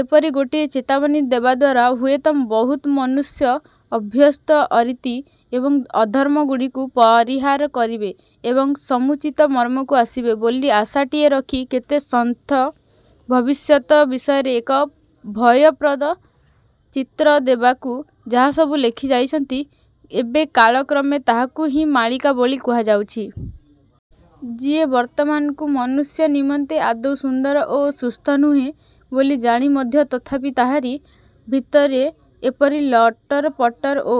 ଏପରି ଗୋଟିଏ ଚେତାବନୀ ଦେବାଦ୍ୱାରା ହୁଏତ ବହୁତ ମନୁଷ୍ୟ ଅଭ୍ୟସ୍ତ ଅରୀତି ଏବଂ ଅଧର୍ମଗୁଡ଼ିକୁ ପରିହାର କରିବେ ଏବଂ ସମୁଚିତ ମର୍ମକୁ ଆସିବେ ବୋଲି ଆଶାଟିଏ ରଖି କେତେ ସନ୍ଥ ଭବିଷ୍ୟତ ବିଷୟରେ ଏକ ଭୟପ୍ରଦ ଚିତ୍ର ଦେବାକୁ ଯାହାସବୁ ଲେଖି ଯାଇଛନ୍ତି ଏବେ କାଳକ୍ରମେ ତାହାକୁ ହିଁ ମାଳିକା ବୋଲି କୁହାଯାଉଛି। ଯିଏ ବର୍ତ୍ତମାନକୁ ମନୁଷ୍ୟ ନିମନ୍ତେ ଆଦୌ ସୁନ୍ଦର ଓ ସୁସ୍ଥ ନୁହେଁ ବୋଲି ଜାଣି ମଧ୍ୟ ତଥାପି ତାହାରି। ଭିତରେ ଏପରି ଲଟରପଟର ଓ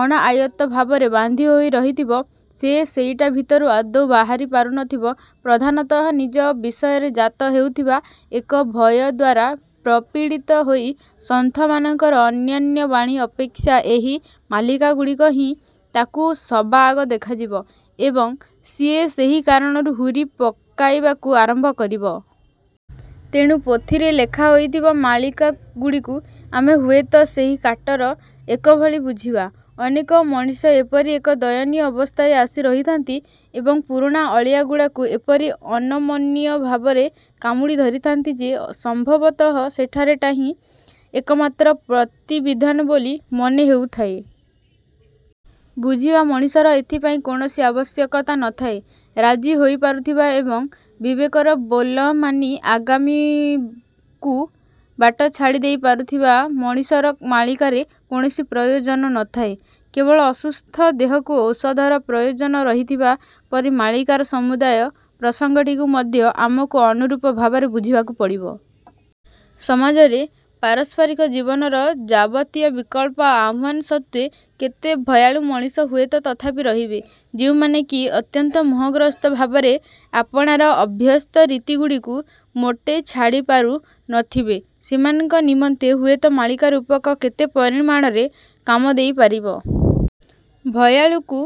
ଅଣଆୟତ୍ତ ଭାବରେ ବାନ୍ଧି ହୋଇ ରହିଥିବ ସିଏ ସେଇଟା ଭିତରୁ ଆଦୌ ବାହାରି ପାରୁନଥିବ ପ୍ରଧାନତଃ ନିଜ ବିଷୟରେ ଜାତ ହେଉଥିବା ଏକ ଭୟ ଦ୍ଵାରା ପ୍ରପୀଡ଼ିତ ହୋଇ ସନ୍ଥମାନଙ୍କର ଅନ୍ୟାନ୍ୟ ବାଣୀ ଅପେକ୍ଷା ଏହି ମାଳିକାଗୁଡ଼ିକ ହିଁ ତାକୁ ସବାଆଗ ଦେଖାଯିବ ଏବଂ ସିଏ ସେହି କାରଣରୁ ହୁରି ପକାଇବାକୁ ଆରମ୍ଭ କରିବ। ତେଣୁ ପୋଥିରେ ଲେଖା ହୋଇଥିବା ମାଳିକାଗୁଡ଼ିକୁ ଆମେ ହୁଏତ ସେହି କାଟର ଏକ ଭଳି ବୁଝିବା। ଅନେକ ମଣିଷ ଏପରି ଏକ ଦୟନୀୟ ଅବସ୍ଥାରେ ଆସି ରହିଥାନ୍ତି ଏବଂ ପୁରୁଣା ଅଳିଆଗୁଡ଼ାକୁ ଏପରି ଅନମନୀୟ ଭାବରେ କାମୁଡ଼ି ଧରିଥାନ୍ତି ଯେ ସମ୍ଭବତଃ ସେଠାରେ ଟା ହିଁ ଏକମାତ୍ର ପ୍ରତିବିଧାନ ବୋଲି ମନେହେଉଥାଏ। ବୁଝିବା ମଣିଷର ଏଥିପାଇଁ କୌଣସି ଆବଶ୍ୟକତା ନଥାଏ। ରାଜି ହୋଇପାରୁଥିବା ଏବଂ ବିବେକର ବୋଲମାନି ଆଗାମୀକୁ ବାଟ ଛାଡ଼ିଦେଇ ପାରୁଥିବା ମଣିଷର ମାଳିକାରେ କୌଣସି ପ୍ରୟୋଜନ ନଥାଏ। କେବଳ ଅସୁସ୍ଥ ଦେହକୁ ଔଷଧର ପ୍ରୟୋଜନ ରହିଥିବା ପରି ମାଳିକାର ସମୁଦାୟ ପ୍ରସଙ୍ଗଟିକୁ ମଧ୍ୟ ଆମକୁ ଅନୁରୂପ ଭାବରେ ବୁଝିବାକୁ ପଡ଼ିବ। ସମାଜରେ, ପାରସ୍ପରିକ ଜୀବନର ଯାବତୀୟ ବିକଳ୍ପ ଆହ୍ୱାନ ସତ୍ତ୍ୱେ କେତେ ଭୟାଳୁ ମଣିଷ ହୁଏତ ତଥାପି ରହିବେ, ଯେଉଁମାନେ କି ଅତ୍ୟନ୍ତ ମୋହଗ୍ରସ୍ତ ଭାବରେ ଆପଣାର ଅଭ୍ୟସ୍ତ ରୀତିଗୁଡ଼ିକୁ ମୋଟେ ଛାଡ଼ିପାରୁ ନଥିବେ। ସେମାନଙ୍କ ନିମନ୍ତେ ହୁଏତ ମାଳିକା ରୂପକ କେତେ ପରିମାଣରେ କାମ ଦେଇପାରିବ। ଭୟାଳୁକୁ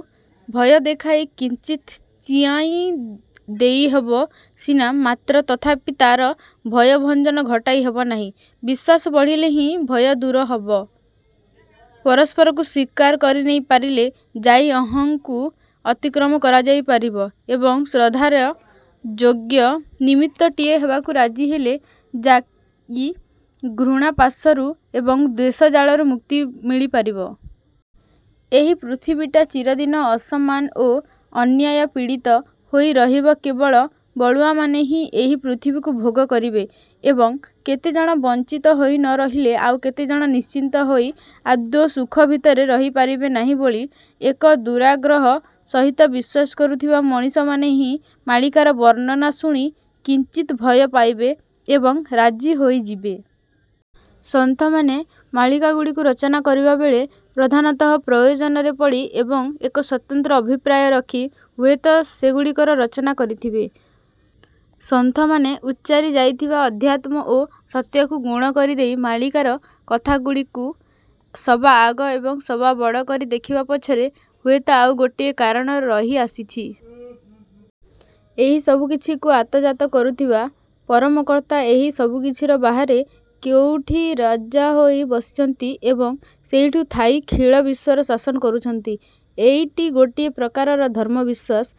ଭୟ ଦେଖାଇ କିଞ୍ଚିତ୍ ଚିଆଇଁ ଦେଇହେବ ସିନା, ମାତ୍ର ତଥାପି ତା'ର ଭୟଭଞ୍ଜନ ଘଟାଇ ହେବନାହିଁ। ବିଶ୍ୱାସ ବଢ଼ିଲେ ହିଁ ଭୟ ଦୂର ହବ, ପରସ୍ପରକୁ ସ୍ୱୀକାର କରିନେଇ ପାରିଲେ ଯାଇ ଅହଂକୁ ଅତିକ୍ରମ କରାଯାଇ ପାରିବ ଏବଂ ଶ୍ରଦ୍ଧାର ଯୋଗ୍ୟ ନିମିତ୍ତଟିଏ ହେବାକୁ ରାଜି ହେଲେ ଯାଇ ଘୃଣାପାଶରୁ ଏବଂ ଦ୍ୱେଷଜାଲରୁ ମୁକ୍ତି ମିଳିପାରିବ। ଏହି ପୃଥିବୀଟା ଚିରଦିନ ଅସମାନ ଓ ଅନ୍ୟାୟପୀଡ଼ିତ ହୋଇ ରହିବ କେବଳ ବଳୁଆମାନେ ହିଁ ଏହି ପୃଥିବୀକୁ ଭୋଗ କରିବେ ଏବଂ କେତେଜଣ ବଂଚିତ ହୋଇ ନ ରହିଲେ ଆଉ କେତେଜଣ ନିଶ୍ଚିନ୍ତ ହୋଇ ଆଦୌ ସୁଖ ଭିତରେ ରହିପାରିବେ ନାହିଁ ବୋଲି ଏକ ଦୁରାଗ୍ରହ ସହିତ ବିଶ୍ଵାସ କରୁଥିବା ମଣିଷମାନେ ହିଁ ମାଳିକାର ବର୍ଣ୍ଣନା ଶୁଣି କିଞ୍ଚିତ୍ ଭୟ ପାଇବେ ଏବଂ ରାଜି ହୋଇଯିବେ। ସନ୍ଥମାନେ ମାଳିକାଗୁଡ଼ିକୁ ରଚନା କରିବାବେଳେ ପ୍ରଧାନତଃ ପ୍ରୟୋଜନରେ ପଡ଼ି ଏବଂ ଏକ ସ୍ଵତନ୍ତ୍ର ଅଭିପ୍ରାୟ ରଖି ହୁଏତ ସେଗୁଡ଼ିକର ରଚନା କରିଥିବେ। ସନ୍ଥମାନେ ଉଚ୍ଚାରି ଯାଇଥିବା ଅଧ୍ୟାତ୍ମ ଓ ସତ୍ୟକୁ ଗୌଣ କରିଦେଇ ମାଳିକାର କଥାଗୁଡ଼ିକୁ ସବାଆଗ ଏବଂ ସବାବଡ଼ କରି ଦେଖିବା ପଛରେ ହୁଏତ ଆଉ ଗୋଟିଏ କାରଣ ରହିଆସିଛି। ଏହି ସବୁକିଛିକୁ ଆତଯାତ କରୁଥିବା ପରମକର୍ତ୍ତା ଏହି ସବୁକିଛିର ବାହାରେ କେଉଠି ରଜା ହୋଇ ବସିଛନ୍ତି ଏବଂ ସେଇଠୁ ଥାଇ ଖିଳ ବିଶ୍ୱର ଶାସନ କରୁଛନ୍ତି ଏଇଟି ଗୋଟିଏ ପ୍ରକାରର ଧର୍ମବିଶ୍ଵାସ,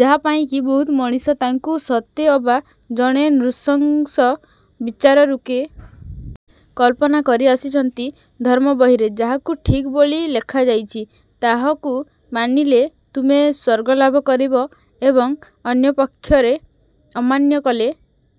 ଯାହା ପାଇଁକି ବହୁତ ମଣିଷ ତାଙ୍କୁ ସତେଅବା ଜଣେ ନୃଶଂସ ବିଚାର ରୂକେ କଳ୍ପନା କରିଆସିଛନ୍ତି ଧର୍ମବହିରେ ଯାହାକୁ ଠିକ୍ ବୋଲି ଲେଖାଯାଇଛି ତାହକୁ ମାନିଲେ ତୁମେ ସ୍ୱର୍ଗଲାଭ କରିବ ଏବଂ ଅନ୍ୟପକ୍ଷରେ ଅମାନ୍ୟ କଲେ